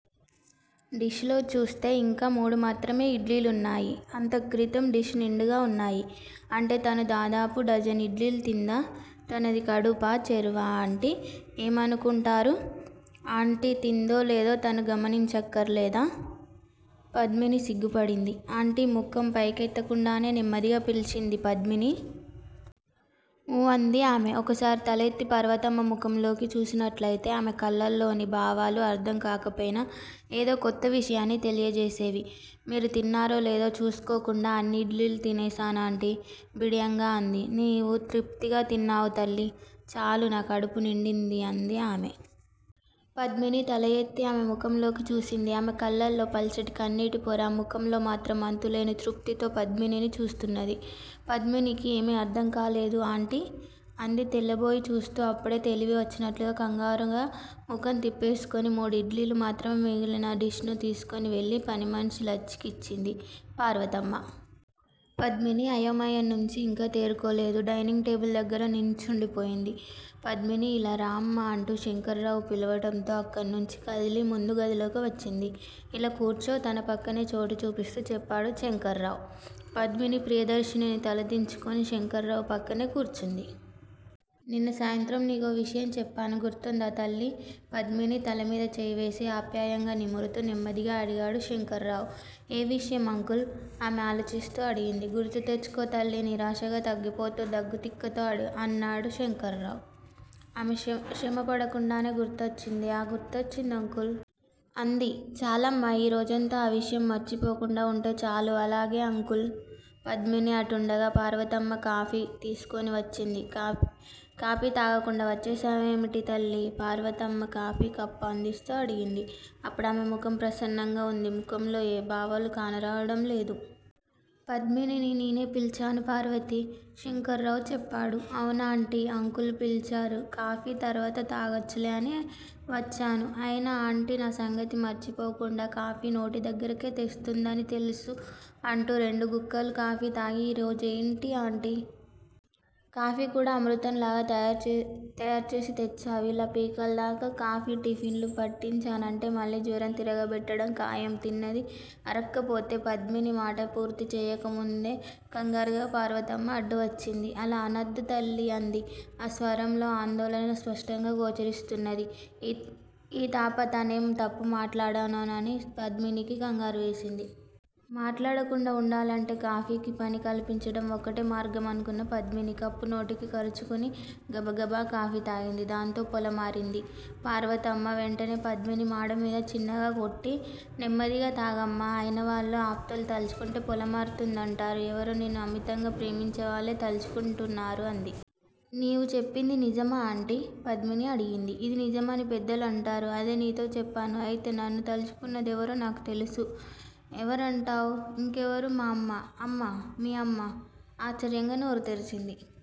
Dish లో చూస్తే యింక మూడు మాత్రమే ఇడ్లీలు వున్నాయి. అంతక్రితం డిష్ నిండుగా ఉన్నాయి. అంటే తను దాదాపు డజను ఇడ్లీలు తిందా! తనది కడుపా చెరువా ఆంటీ ఏమనుకుంటారు! ఆంటీ తిందో లేదో తను గమనించక్కరలేదా? పద్మిని సిగ్గుపడింది. ఆంటీ! ముఖం పైకెత్తకుండానే నెమ్మదిగా పిలిచింది పద్మిని. ఊ అంది ఆమె. ఒక్కసారి తలెత్తి పార్వతమ్మ ముఖంలోకి చూసినట్లయితే ఆమె కళ్ళల్లోని భావాలు అర్ధంకాకపోయినా ఏదో కొత్త విషయాన్ని తెలియజేసేవి. మీరు తిన్నారో లేదో చూసుకోకుండా అన్ని ఇడ్లీలు తినేశానాంటీ! బిడియంగా అంది. నీవు తృప్తిగా తిన్నావు తల్లీ! చాలు నా కడుపు నిండింది అంది ఆమె. పద్మిని తలయెత్తి ఆమె ముఖంలోకి చూసింది. ఆమె కళ్ళల్లో పల్చటి కన్నీటి పొర. ముఖంలో మాత్రం అంతులేని తృప్తితో పద్మినిని చూస్తున్నది. పద్మినికి ఏమీ అర్ధంకాలేదు ఆంటీ! అంది తెల్లబోయి చూస్తూ. అప్పుడే తెలివి వచ్చినట్లు కంగారుగా ముఖం తిప్పేసుకొని మూడు ఇడ్లీలు మాత్రమే మిగిలిన డిష్ ను తీసుకొని వెళ్ళి పనిమనిషి లచ్చికిచ్చింది పార్వతమ్మ. పద్మిని అయోమయంనుంచి ఇంకా తేరుకోలేదు. డైనింగ్ టేబుల్ దగ్గర నుంచుండిపోయింది పద్మినీ! ఇలా రామ్మా అంటూ శంకర్రావు పిలవటంతో అక్కడనుంచి కదిలి ముందు గదిలోకి వచ్చింది. ఇలా కూర్చో! తన పక్కనే చోటు చూపిస్తూ చెప్పాడు శంకర్రావు. పద్మిని ప్రియదర్శిని తల దించుకొని శంకర్రావు పక్కనే కూర్చుంది. నిన్న సాయంత్రం నీకో విషయం చెప్పాను గుర్తువుందా తల్లీ! పద్మిని తలమీద చేయివేసి ఆప్యాయంగా నిమురుతూ నెమ్మదిగా అడిగాడు శంకర్రావు. ఏ విషయం అంకుల్! ఆమె ఆలోచిస్తూ అడిగింది. గుర్తు తెచ్చుకో తల్లీ! నిరాశగా తగ్గిపోతూ దగ్గుత్తికతో అన్నాడు శంకర్రావు. ఆమె శ్రమపడకుండానే గుర్తొచ్చింది. ఆ గుర్తొచ్చింది అంకుల్! అంది. చాలమ్మా ఈ రోజంతా ఆ విషయం మరచిపోకుండా వుంటే చాలు అలాగే అంకుల్! పద్మిని అంటుండగా పార్వతమ్మ కాఫీ తీసుకొని వచ్చింది. కాఫీ తాగకుండా వచ్చేశావేమిటి తల్లీ! పార్వతమ్మ కాఫీ కప్పు అందిస్తూ అడిగింది. అప్పుడు ఆమె ముఖం ప్రసన్నంగా వుంది. ముఖంలో ఏ భావాలూ కానరావటం లేదు. పద్మినిని నేనే పిలిచాను పార్వతీ! శంకర్రావు చెప్పాడు. అవును ఆంటీ! అంకుల్ పిలిచారు. కాఫీ తర్వాత తాగొచ్చులే అని వచ్చాను. అయినా ఆంటీ నా సంగతి మరచిపోకుండా కాఫీ నోటిదగ్గరకే తెస్తుందని తెలుసు అంటూ రెండు గుక్కలు కాఫీ తాగి ఈ రోజు ఏంటి ఆంటీ! కాఫీ కూడా అమృతంలాగా తయారుచేసి తెచ్చావ్! ఇలా పీకలదాకా కాఫీ టిఫెన్ లు పట్టించానంటే మళ్ళీ జ్వరం తిరగబెట్టడం ఖాయం తిన్నది అరక్కపోతే పద్మిని మాట పూర్తిచేయకముందే కంగారుగా పార్వతమ్మ అడ్డువచ్చింది. అలా అనొద్దు తల్లీ అంది ఆ స్వరంలో ఆందోళన స్పష్టంగా గోచరిస్తున్నది. ఈ తఫా తనేం తప్పుమాట్లాడోనని పద్మినికి కంగారు వేసింది. మాట్లాడకుండా వుండాలంటే కాఫీకి పని కల్పించటం వక్కటే మార్గం అనుకున్న పద్మిని కప్పు నోటికి కరచుకుని గబగబా కాఫీ తాగింది. దాంతో పొలమారింది. పార్వతమ్మ వెంటనే పద్మిని మాడుమీద చిన్నగకొట్టి నెమ్మదిగా తాగమ్మా! అయినవాళ్ళు ఆప్తులు తలుచుకుంటే పొలమారుతుందంటారు. ఎవరో నిన్ను అమితంగా ప్రేమించేవాళ్లే తలుచుకుంటున్నారు అంది. నీవు చెప్పింది నిజమా ఆంటీ? పద్మిని అడిగింది. ఇది నిజమని పెద్దలు అంటారు. అదే నీతో చెప్పాను అయితే నన్ను తలుచుకున్నదెవరో నాకు తెలుసు? ఎవరంటావ్? ఇంకెవరు మా అమ్మ! అమ్మ, మీ అమ్మ? ఆశ్చర్యంగా నోరు తెరిచింది